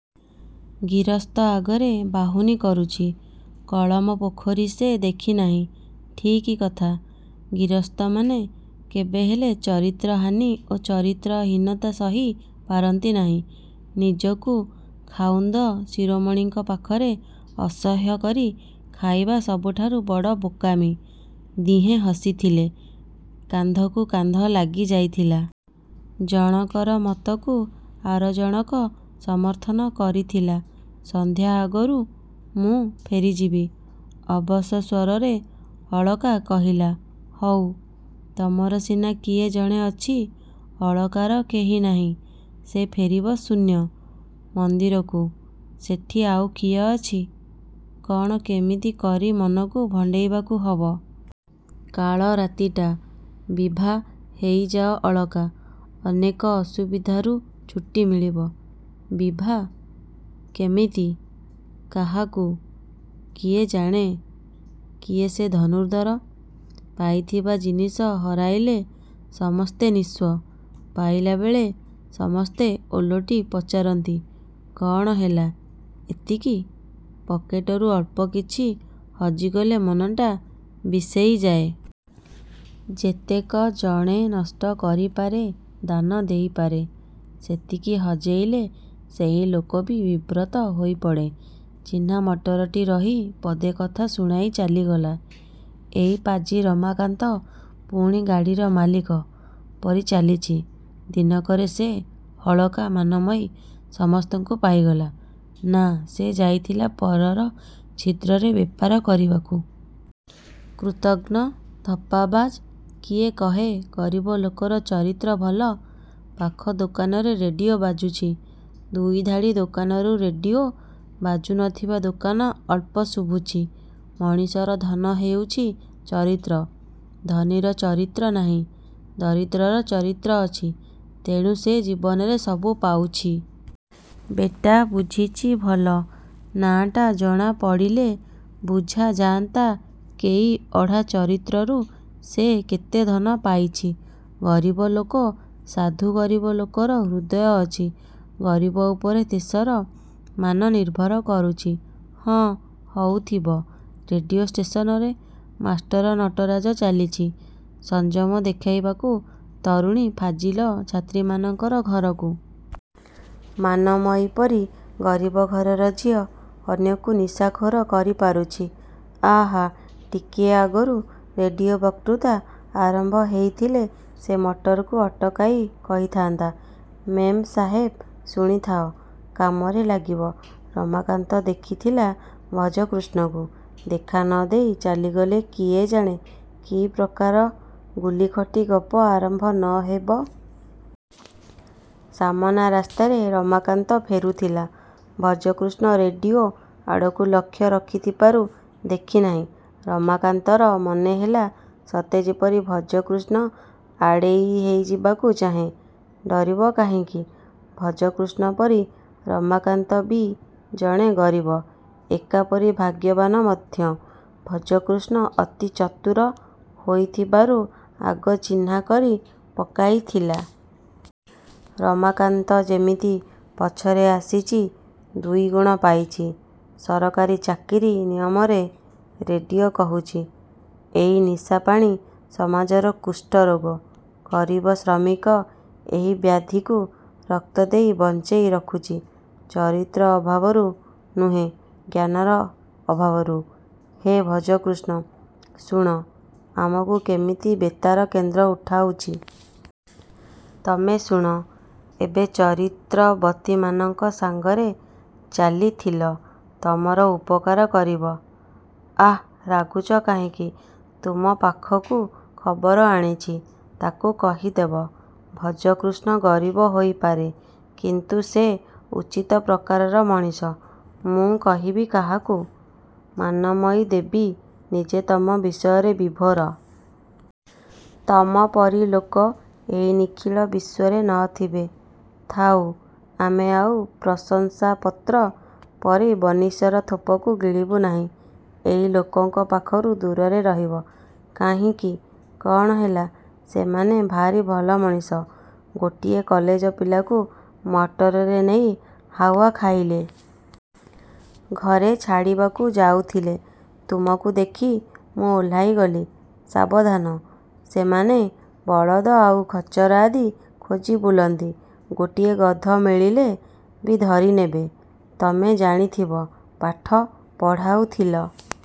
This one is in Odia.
ଗିରସ୍ତ ଆଗରେ ବାହୁନି କହୁଛି। କଳମ ପୋଖରୀ ସେ ଦେଖି ନାହିଁ। -ଠିକ୍ କଥା। ଗିରସ୍ତମାନେ କେବେହେଲେ ଚରିତ୍ର-ହାନି ଓ ଚରିତ୍ର-ହୀନତା ସହି ପାରନ୍ତି ନାହିଁ। ନିଜକୁ ଖାଉନ୍ଦ ଶିରୋମଣିଙ୍କ ପାଖରେ ଅସହ୍ୟ କରି ରଖାଇବା ସବୁଠାରୁ ବଡ଼ ବୋକାମି। ଦିହେଁ ହସିଥିଲେ। କାନ୍ଧକୁ କାନ୍ଧ ଲାଗି ଯାଇଥିଲା। ଜଣକର ମତକୁ ଆର ଜଣକ ସମର୍ଥନ କରିଥିଲା। ସନ୍ଧ୍ୟା ଆଗରୁ ମୁଁ ଫେରିଯିବି। ଅବଶ ସ୍ୱରରେ ଅଳକା କହିଲା-ହଉ। ତମର ସିନା କିଏ ଜଣେ ଅଛି। ଅଳକାର କେହି ନାହିଁ। ସେ ଫେରିବ ଶୂନ୍ୟ ମନ୍ଦିରକୁ-ସେଠି ଆଉ କିଏ ଅଛି? କ'ଣ କେମିତି କରି ମନକୁ ଭଣ୍ଡେଇବାକୁ ହବ। -କାଳ ରାତିଟା- -ବିଭା ହେଇ ଯାଅ-ଅଳକା। ଅନେକ ଅସୁବିଧାରୁ ଛୁଟି ମିଳିବ। -ବିଭା? -କେମିତି? -କାହାକୁ? କିଏ ଜାଣେ? କିଏ ସେ ଧନୁର୍ଦ୍ଧର? ପାଇଥିବା ଜିନିଷ ହରାଇଲେ ସମସ୍ତେ ନିସ୍ୱ। ପାଇଲା ବେଳେ ସମସ୍ତେ ଓଲଟି ପଚାରନ୍ତି-କ'ଣ ହେଲା ଏତିକି? ପକେଟରୁ ଅଳ୍ପ କିଛି ହଜିଗଲେ ମନଟା ବିଷେଇ ଯାଏ। ଯେତକ ଜଣେ ନଷ୍ଟ କରିପାରେ, ଦାନ ଦେଇପାରେ-ସେତିକି ହଜେଇଲେ ସେହି ଲୋକ ବି ବିବ୍ରତ ହୋଇପଡ଼େ। ଚିହ୍ନା ମଟରଟି ରହି ପଦେ କଥା ଶୁଣାଇ ଚାଲିଗଲା। ଏଇ ପାଜି ରମାକାନ୍ତ ପୁଣି ଗାଡ଼ିର ମାଲିକ ପରି ଚାଲିଛି। ଦିନକରେ ସେ ଅଳକା-ମାନମୟୀ ସମସ୍ତଙ୍କୁ ପାଇଗଲା? -ନା, ସେ ଯାଇଥିଲା ପରର ଛିଦ୍ରରେ ବେପାର କରିବାକୁ। କୃତଘ୍ନ-ଧପ୍ପାବାଜ। କିଏ କହେ ଗରିବ ଲୋକର ଚରିତ୍ର ଭଲ। ପାଖ ଦୋକାନରେ ରେଡ଼ିଓ ବାଜୁଛି। ଦୁଇଧାଡ଼ି ଦୋକାନରୁ ରେଡ଼ିଓ ବାଜୁ ନ ଥିବା ଦୋକାନ ଅଳ୍ପ-ଶୁଭୁଛି, ମଣିଷର ଧନ ହେଉଛି ଚରିତ୍ର। ଧନୀର ଚରିତ୍ର ନାହିଁ। ଦରିଦ୍ରର ଚରିତ୍ର ଅଛି। ତେଣୁ ସେ ଜୀବନରେ ସବୁ ପାଉଛି। -ବେଟା, ବୁଝିଛି ଭଲ। ନାଁଟା ଜଣାପଡ଼ିଲେ ବୁଝାଯାନ୍ତା କେଇ ଅଢ଼ା ଚରିତ୍ରରୁ ସେ କେତେ ଧନ ପାଇଛି। ଗରିବ ଲୋକ ସାଧୁ ଗରିବ ଲୋକର ହୃଦୟ ଅଛି ଗରିବ ଉପରେ ଦେଶର ମାନ ନିର୍ଭର କରୁଛି। -ହଁ, ହଉଥିବ ରେଡ଼ିଓ ଷ୍ଟେସନରେ। ମାଷ୍ଟର ନଟରାଜ ଚାଲିଛି ସଂଯମ ଦେଖାଇବାକୁ ତରୁଣୀ ଫାଜିଲ ଛାତ୍ରୀମାନଙ୍କର ଘରକୁ। ମାନମୟୀ ପରି ଗରିବ ଘରର ଝିଅ ଅନ୍ୟକୁ ନିଶାଖୋର କରି ପାରୁଛି। ଆହା, ଟିକିଏ ଆଗରୁ ରେଡ଼ିଓ ବତ୍କୃତା ଆରମ୍ଭ ହେଇଥିଲେ ସେ ମଟରକୁ ଅଟକାଇ କହିଥାନ୍ତା-ମେମ୍ ସାହେବ ଶୁଣିଥାଅ-କାମରେ ଲାଗିବ। ରମାକାନ୍ତ ଦେଖିଥିଲା ଭଜକୃଷ୍ଣକୁ। ଦେଖା ନ ଦେଇ ଚାଲିଗଲେ କିଏ ଜାଣେ କି ପ୍ରକାର ଗୁଲିଖଟି ଗପ ଆରମ୍ଭ ନ ହେବ। ସାମନା ରାସ୍ତାରେ ରମାକାନ୍ତ ଫେରୁଥିଲା। ଭଜକୃଷ୍ଣ ରେଡ଼ିଓ ଆଡ଼କୁ ଲକ୍ଷ୍ୟ ରଖିଥିବାରୁ ଦେଖିନାହିଁ। ରମାକାନ୍ତର ମନେ ହେଲା ସତେ ଯେପରି ଭଜକୃଷ୍ଣ ଆଡ଼େଇ ହେଇଯିବାକୁ ଚାହେଁ। -ଡରିବ କାହିଁକି? ଭଜକୃଷ୍ଣ ପରି ରମାକାନ୍ତ ବି ଜଣେ ଗରିବ। ଏକାପରି ଭାଗ୍ୟବାନ ମଧ୍ୟ। ଭଜକୃଷ୍ଣ ଅତି ଚତୁର ହୋଇଥିବାରୁ ଆଗ ଚିହ୍ନା କରି ପକାଇଥିଲା। ରମାକାନ୍ତ ଯେମିତି ପଛରେ ଆସିଛି ଦୁଇଗୁଣ ପାଇଛି-ସରକାରୀ ଚାକିରି ନିୟମରେ। ରେଡ଼ିଓ କହୁଛି-ଏଇ ନିଶାପାଣି ସମାଜର କୁଷ୍ଠରୋଗ। ଗରିବ ଶ୍ରମିକ ଏହି ବ୍ୟାଧିକୁ ରକ୍ତ ଦେଇ ବଞ୍ଚେଇ ରଖୁଛି-ଚରିତ୍ର ଅଭାବରୁ ନୁହେଁ ଜ୍ଞାନର ଅଭାବରୁ। -ହେ, ଭଜକୃଷ୍ଣ, ଶୁଣ। ଆମକୁ କେମିତି ବେତାର କେନ୍ଦ୍ର ଉଠାଉଛି। -ତମେ ଶୁଣ। ଏବେ ଚରିତ୍ରବତୀମାନଙ୍କ ସାଙ୍ଗରେ ଚାଲିଥିଲ, ତମର ଉପକାର କରିବ-। -ଆଃ, ରାଗୁଛ କାହିଁକି? ତୁମ ପାଖକୁ ଖବର ଆଣିଛି। -ତାକୁ କହିଦେବ; ଭଜକୃଷ୍ଣ ଗରିବ ହୋଇପାରେ କିନ୍ତୁ ସେ ଉଚିତ ପ୍ରକାରର ମଣିଷ। -ମୁଁ କହିବି କାହାକୁ? ମାନମୟୀଦେବୀ ନିଜେ ତମ ବିଷୟରେ ବିଭୋର। ତମ ପରି ଲୋକ ଏଇ ନିଖିଳ ବିଶ୍ୱରେ ନ ଥିବେ। -ଥାଉ। ଆମେ ଆଉ ପ୍ରଶଂସାପତ୍ର ପରି ବନ୍ଶୀର ଥୋପକୁ ଗିଳିବୁ ନାହିଁ। ଏଇ ଲୋକଙ୍କ ପାଖରୁ ଦୂରରେ ରହିବ। -କାହିଁକି? କ'ଣ ହେଲା? ସେମାନେ ଭାରି ଭଲ ମଣିଷ। ଗୋଟିଏ କଲେଜ ପିଲାକୁ ମଟରରେ ନେଇ ହାୱା ଖାଇଲେ। ଘରେ ଛାଡ଼ିବାକୁ ଯାଉଥିଲେ। ତୁମକୁ ଦେଖି ମୁଁ ଓହ୍ଲାଇଗଲି। -ସାବଧାନ। ସେମାନେ ବଳଦ ଆଉ ଖଚର ଆଦି ଖୋଜି ବୁଲନ୍ତି।। ଗୋଟିଏ ଗଧ ମିଳିଲେ ବି ଧରିନେବେ। -ତମେ ଜାଣିଥିବ। ପାଠ ପଢ଼ାଉଥିଲ।